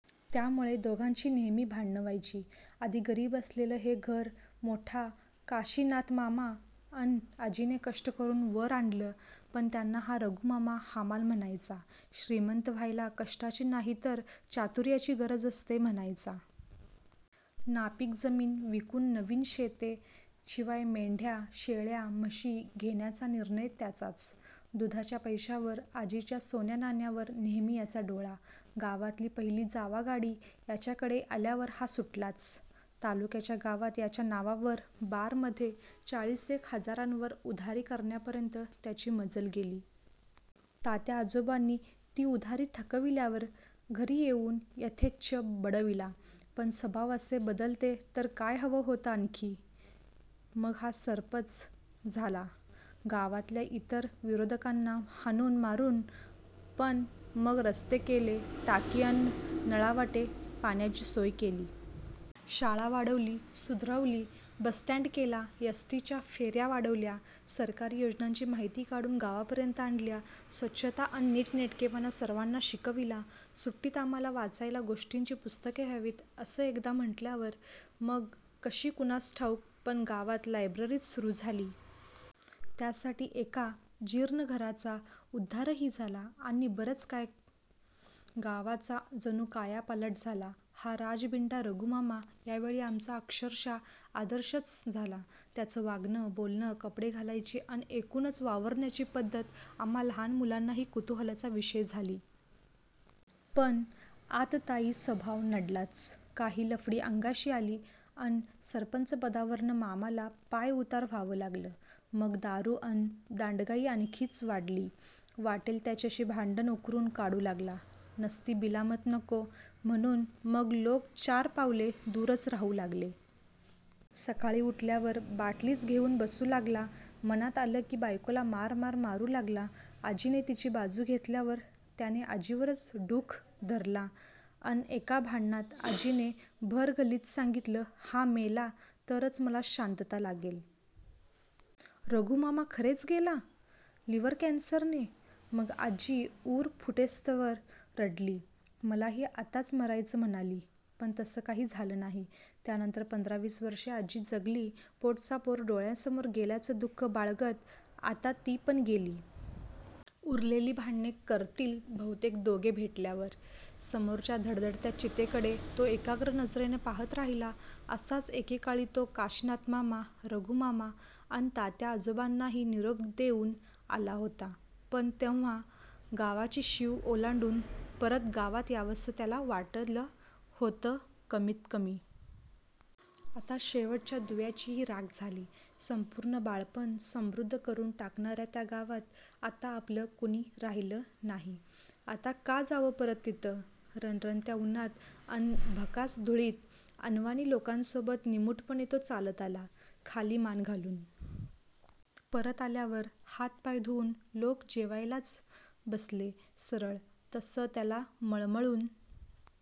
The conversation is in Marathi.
त्यामूळे दोघांची नेहेमी भांडणं व्हायची. आधी गरीब असलेलं हे घर मोठा काशीनाथमामा अन आजीने कष्ट करून वर आणलं. पण त्यांना हा रघूमामा हमाल म्हणायचा. श्रीमंत व्हायला कष्टाची नाही, तर चातूर्याची गरज असते म्हणायचा. नापीक जमीन विकून नवीन शेते, शिवाय मेंढ्या, शेळ्या, म्हशी घेण्याचा निर्णय त्याचाच. दुधाच्या पैशांवर, आजीच्या सोन्यानाण्यावर नेहेमी याचा डोळा. गावातली पहिली जावा गाडी याच्याकडे आल्यावर हा सुटलाच. तालूक्याच्या गावात याच्या नावावर बारमध्ये चाळीसेक हजारांवर 'उधारी' करण्यापर्यंत त्याची मजल गेली. तात्याआजोबांनी ती उधारी थकविल्यावर घरी येऊन यथेच्छ बडविला. पण स्वभाव असे बदलते तर काय हवं होतं आणखी? मग हा सरपच झाला. गावातल्या इतर विरोधकांना हाणून मारून. पण मग रस्ते केले. टाकी अन नळावाटे पाण्याची सोय केली. शाळा वाढवली, सुधरवली. बस-स्टँड केला. एस्. टी. च्या फेर्या वाढवल्या. सरकारी योजनांची माहिती काढून गावापर्यंत आणल्या. स्वच्छता अन नीटनेटकेपणा सर्वांना शिकविला. सुट्टीत आम्हाला वाचायला गोष्टींची पुस्तके हवीत, असं एकदा म्हटल्यावर मग कशी कुणास ठाऊक, पण गावात लायब्ररीच सुरू झाली. त्यासाठी एका जीर्ण घराचा उध्दारही झाला. आणि बरंच काय काय.. गावाचा जणू कायापालट झाला. हा राजबिंडा रघूमामा यावेळी आमचा अक्षरशः आदर्शच झाला. त्याचं वागणं, बोलणं, कपडे घालायची अन एकूणच वावरण्याची पध्दत आम्हा लहान मुलांसाठी कुतूहलाचा विषय झाली. पण आततायी स्वभाव नडलाच. काही लफडी अंगाशी आली, अन सरपंचपदावरनं मामाला पायऊतार व्हावं लागलं. मग दारू अन दांडगाई आणखीच वाढली. वाटेल त्याच्याशी भांडण उकरून काढू लागला. नसती बिलामत नको, म्हणून मग लोक चार पावले दुरच राहू लागले. सकाळी उठल्यावर बाटलीच घेऊन बसू लागला. मनात आलं की बायकोला मार मार मारू लागला. आजीने तिची बाजू घेतल्यावर त्याने आजीवरच डुख धरला. अन एका भांडणात आजीने भर गल्लीत सांगितलं, हा मेला, तरच मला शांतता लागेल. रघूमामा खरेच गेला. लिव्हर कँसरने. मग आजी ऊर फुटेस्तवर रडली. मलाही आताच मरायचं म्हणाली. पण तसं काही झालं नाही. त्यानंतर पंधरा-वीस वर्षे आजी जगली. पोटचा पोर डोळ्यांसमोर गेल्याचं दु:ख बाळगत. आता ती पण गेली. उरलेली भांडणे करतील बहूतेक दोघे भेटल्यावर..! समोरच्या धडधडत्या चितेकडे तो एकाग्र नजरेने पाहत राहिला. असाच एकेकाळी तो काशीनाथमामा, रघूमामा अन तात्याआजोबांनाही निरोप देऊन आला होता. पण तेव्हा गावाची शीव ओलांडून परत गावात यावसं त्याला वाटलं होतं कमीत कमी. आता शेवटच्या दुव्याचीही राख झाली. संपूर्ण बाळपण समृध्द करून टाकणार्या त्या गावात आता आपलं कुणी राहिलं नाही. आता का जावं परत तिथं? रणरणत्या उन्हात अन भकास धुळीत अनवाणी लोकांसोबत निमूटपणे तो चालत आला, खाली मान घालून. परत आल्यावर हात-पाय धुवून लोक जेवायलाच बसले सरळ, तसं त्याला मळ-मळून--